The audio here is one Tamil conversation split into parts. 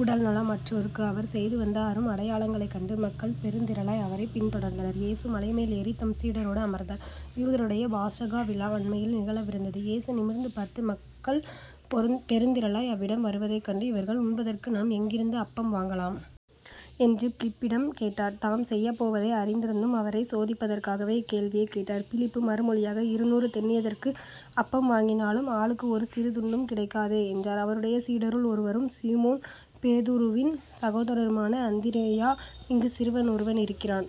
உடல் நலம் அற்றோருக்கு அவர் செய்துவந்த அரும் அடையாளங்களைக் கண்டு மக்கள் பெருந்திரளாய் அவரைப் பின் தொடர்ந்தனர். இயேசு மலைமேல் ஏறித் தம் சீடரோடு அமர்ந்தார். யூதருடைய பாஸகா விழா அண்மையில் நிகழவிருந்தது. இயேசு நிமிர்ந்து பார்த்து மக்கள் பெருந்திரளாய் அவ்விடம் வருவதைக் கண்டு இவர்கள் உண்பதற்கு நாம் எங்கிருந்து அப்பம் வாங்கலாம்? என்று பிலிப்பிடம் கேட்டார். தாம் செய்யப்போவதை அறிந்திருந்தும் அவரைச் சோதிப்பதற்காகவே இக்கேள்வியைக் கேட்டார். பிலிப்பு மறுமொழியாக இருநூறு தெனியத்திற்கு அப்பம் வாங்கினாலும் ஆளுக்கு ஒரு சிறு துண்டும் கிடைக்காதே என்றார். அவருடைய சீடருள் ஒருவரும் சீமோன் பேதுருவின் சகோதரருமான அந்திரேயா இங்கே சிறுவன் ஒருவன் இருக்கிறான்.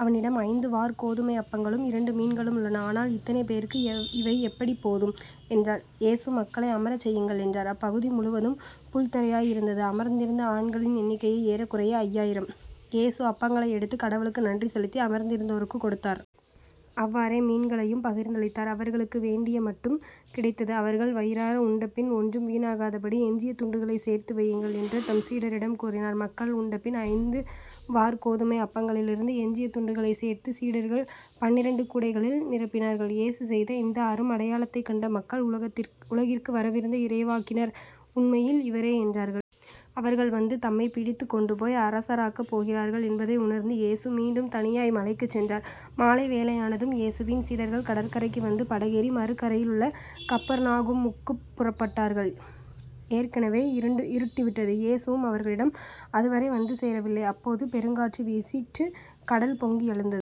அவனிடம் ஐந்து வாற்கோதுமை அப்பங்களும் இரண்டு மீன்களும் உள்ளன. ஆனால் இத்தனை பேருக்கு இவை எப்படிப் போதும்? என்றார். இயேசு மக்களை அமரச் செய்யுங்கள் என்றார். அப்பகுதி முழுவதும் புல்தரையாய் இருந்தது. அமர்ந்திருந்த ஆண்களின் எண்ணிக்கை ஏறக்குறைய ஐயாயிரம். இயேசு அப்பங்களை எடுத்துக் கடவுளுக்கு நன்றி செலுத்தி அமர்ந்திருந்தோருக்குக் கொடுத்தார். அவ்வாறே மீன்களையும் பகிர்ந்தளித்தார். அவர்களுக்கு வேண்டிய மட்டும் கிடைத்தது. அவர்கள் வயிறார உண்டபின் ஒன்றும் வீணாகாதபடி எஞ்சிய துண்டுகளைச் சேர்த்து வையுங்கள் என்ற தம் சீடரிடம் கூறினார். மக்கள் உண்டபின் ஐந்து வாற்கோதுமை அப்பங்களிலிருந்து எஞ்சிய துண்டுகளைச் சேர்த்துச் சீடர்கள் பன்னிரண்டு கூடைகளில் நிரப்பினார்கள். இயேசு செய்த இந்த அரும் அடையாளத்தைக் கண்ட மக்கள் உலகிற்கு வரவிருந்த இறைவாக்கினர் உண்மையில் இவரே என்றார்கள். அவர்கள் வந்து தம்மைப் பிடித்துக் கொண்டுபோய் அரசராக்கப் போகிறார்கள் என்பதை உணர்ந்து இயேசு மீண்டும் தனியாய் மலைக்குச் சென்றார். மாலை வேளையானதும் இயேசுவின் சீடர்கள் கடற்கரைக்கு வந்து படகேறி மறுகரையிலுள்ள கப்பர்நாகுமுக்குப் புறப்பட்டார்கள் ஏற்கெனவே இருட்டிவிட்டது. இயேசுவும் அவர்களிடம் அதுவரை வந்து சேரவில்லை. அப்போது பெருங்காற்று வீசிற்று கடல் பொங்கி எழுந்தது.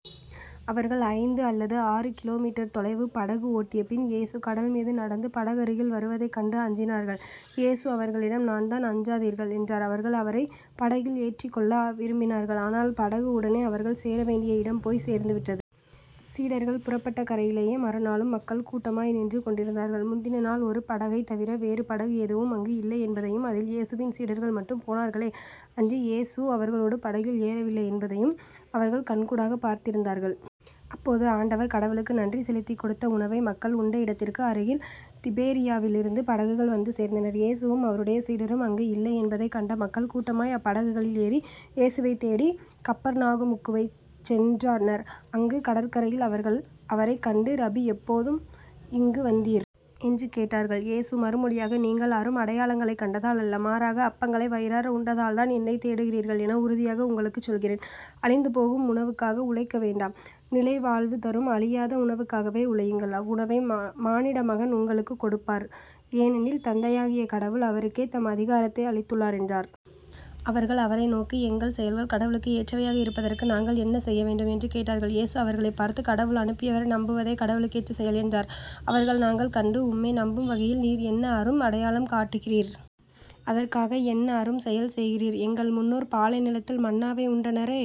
அவர்கள் ஐந்து அல்லது ஆறு கிலோ மீட்டர் தொலைவு படகு ஓட்டியபின் இயேசு கடல்மீது நடந்து படகருகில் வருவதைக் கண்டு அஞ்சினார்கள். இயேசு அவர்களிடம் நான்தான் அஞ்சாதீர்கள் என்றார். அவர்கள் அவரைப் படகில் ஏற்றிக் கொள்ள விரும்பினார்கள். ஆனால் படகு உடனே அவர்கள் சேரவேண்டிய இடம் போய்ச் சேர்ந்துவிட்டது. சீடர்கள் புறப்பட்ட கரையிலேயே மறுநாளும் மக்கள் கூட்டமாய் நின்று கொண்டிருந்தார்கள். முந்தின நாள் ஒரு படகைத் தவிர வேறு படகு எதுவும் அங்கு இல்லை என்பதையும் அதில் இயேசுவின் சீடர்கள் மட்டும் போனார்களே அன்றி இயேசு அவர்களோடு படகில் ஏறவில்லை என்பதையும் அவர்கள் கண்கூடாகப் பார்த்திருந்தார்கள். அப்போது ஆண்டவர் கடவுளுக்கு நன்றி செலுத்திக் கொடுத்த உணவை மக்கள் உண்ட இடத்திற்கு அருகில் திபேரியாவிலிருந்து படகுகள் வந்து சேர்ந்தன. இயேசுவும் அவருடைய சீடரும் அங்கு இல்லை என்பதைக் கண்ட மக்கள் கூட்டமாய் அப்படகுகளில் ஏறி இயேசுவைத் தேடிக் கப்பர்நாகுமுக்குச் சென்றனர். அங்கு கடற்கரையில் அவர்கள் அவரைக் கண்டு ரபி எப்போது இங்கு வந்தீர்? என்று கேட்டார்கள். இயேசு மறுமொழியாக நீங்கள் அரும் அடையாளங்களைக் கண்டதால் அல்ல மாறாக அப்பங்களை வயிறார உண்டதால்தான் என்னைத் தேடுகிறீர்கள் என உறுதியாக உங்களுக்குச் சொல்கிறேன். அழிந்துபோகும் உணவுக்காக உழைக்க வேண்டாம். நிலைவாழ்வு தரும் அழியாத உணவுக்காகவே உழையுங்கள். அவ்வுணவை மானிடமகன் உங்களுக்குக் கொடுப்பார். ஏனெனில் தந்தையாகிய கடவுள் அவருக்கே தம் அதிகாரத்தை அளித்துள்ளார் என்றார். அவர்கள் அவரை நோக்கி எங்கள் செயல்கள் கடவுளுக்கு ஏற்றவையாக இருப்பதற்கு நாங்கள் என்ன செய்ய வேண்டும்? என்று கேட்டார்கள். இயேசு அவர்களைப் பார்த்து கடவுள் அனுப்பியவரை நம்பவதே கடவுளுக்கேற்ற செயல் என்றார். அவர்கள் நாங்கள் கண்டு உம்மை நம்பும் வகையில் நீர் என்ன அரும் அடையாளம் காட்டுகிறீர்? அதற்காக என்ன அரும் செயல் செய்கிறீர்? எங்கள் முன்னோர் பாலை நிலத்தில் மன்னாவை உண்டனரே.